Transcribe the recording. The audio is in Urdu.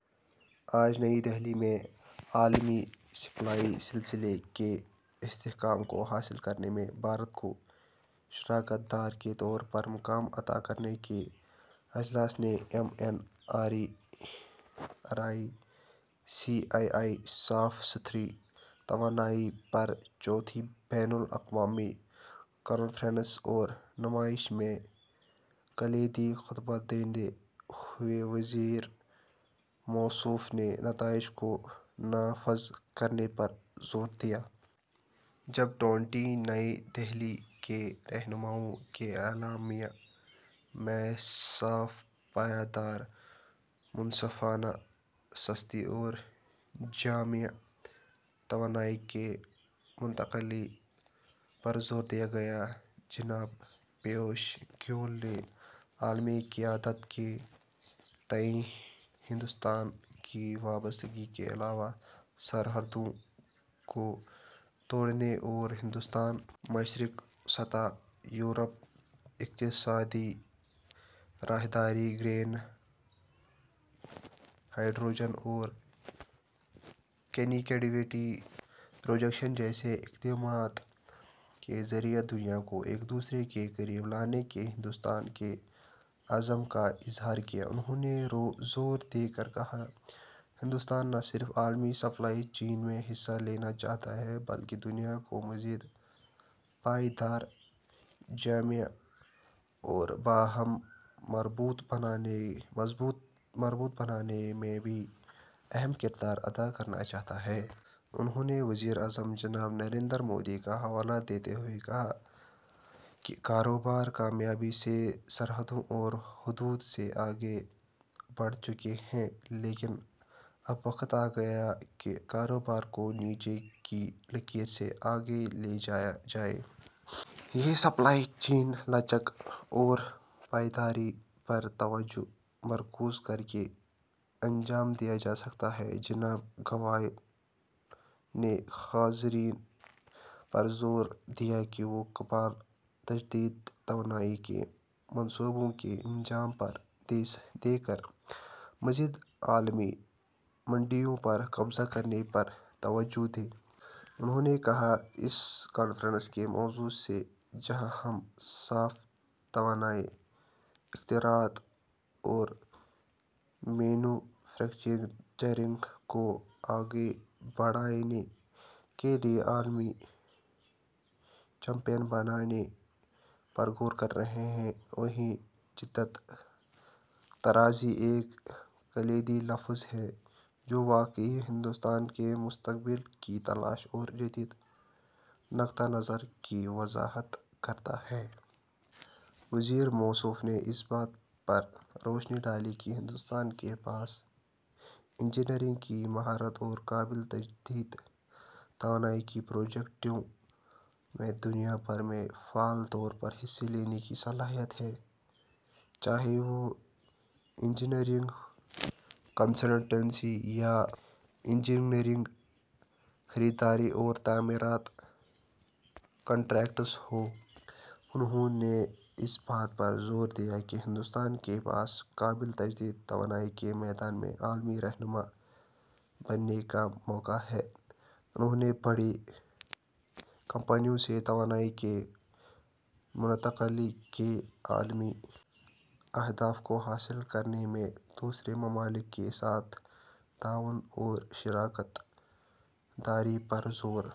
آج نئی دہلی میں 'عالمی سپلائی سلسلے کے استحکام کو حاصل کرنے میں بھارت کو شراکت دار کے طور پر مقام عطاکرنے 'کے اجلاس نے 'ایم این آرای -سی آئی آئی: صاف ستھری توانائی پر چوتھی بین الاقوامی کانفرنس اور نمائش' میں کلیدی خطبہ دیتے ہوئے وزیرموصوف نے نتائج کو نافذ کرنے پر زور دیا۔ جی ٹوئنٹی نئی دہلی کے رہنماؤں کے اعلامیہ میں صاف، پائیدار، منصفانہ، سستی اور جامع توانائی کی منتقلی پرزوردیاگیاہے۔ جناب پیوش گوئل نے عالمی قیادت کے تئیں ہندوستان کی وابستگی کے علاوہ سرحدوں کو توڑنےاور ہندوستان۔ مشرق وسطیٰ۔ یورپ اقتصادی راہداری، گرین ہائیڈروجن اور کنیکٹیویٹی پروجیکٹس جیسے اقدامات کے ذریعے دنیا کو ایک دوسرے کے قریب لانے کے ہندوستان کے عزم کااظہارکیا۔ انہوں نے زور دے کر کہا کہ ہندوستان نہ صرف عالمی سپلائی چین میں حصہ لینا چاہتا ہے بلکہ دنیا کو مزید پائیدار، جامع اور باہم مربوط بنانے میں بھی اہم کردار ادا کرنا چاہتا ہے۔ انہوں نے وزیر اعظم جناب نریندر مودی کا حوالہ دیتے ہوئے کہاکہ ''کاروبار کامیابی سے سرحدوں اور حدود سے آگے بڑھ چکے ہیں، لیکن اب وقت آگیا ہے کہ کاروبار کو نیچے کی لکیر سے آگے لے جایا جائے۔ یہ سپلائی چین لچک اور پائیداری پر توجہ مرکوز کرکے انجام دیا جاسکتا ہے۔ '' جناب گوئل نے حاضرین پر زور دیا کہ وہ قابل تجدید توانائی کے منصوبوں کو انجام دے کر مزید عالمی منڈیوں پر قبضہ کرنے پر توجہ دیں۔ انہوں نے کہا کہ اس کانفرنس کے موضوع سے جہاں ہم صاف توانائی، اختراعات اور مینوفیکچرنگ کو آگے بڑھانے کے لیے عالمی چیمپئن بنانے پر غور کر رہے ہیں، وہیں جدت طرازی ایک کلیدی لفظ ہے جو واقعی ہندوستان کے مستقبل کی تلاش اور جدید نقطہ نظر کی وضاحت کرتا ہے۔ وزیر موصوف نے اس بات پر روشنی ڈالی کہ ہندوستان کے پاس انجینئرنگ کی مہارت اور قابل تجدید توانائی کے پروجیکٹوں میں دنیا بھر میں فعال طور پر حصہ لینے کی صلاحیت ہے، چاہے وہ انجینئرنگ، کنسلٹنسی، یا انجینئرنگ، خریداری اورتعمیرات کنٹریکٹس ہو۔ انہوں نے اس بات پر زور دیا کہ ہندوستان کے پاس قابل تجدید توانائی کے میدان میں عالمی رہنما بننے کا موقع ہے۔ انھوں نے بڑی کمپنیوں سے توانائی کی منتقلی کے عالمی اہداف کو حاصل کرنے میں دوسرے ممالک کے ساتھ تعاون اور شراکت داری پر زور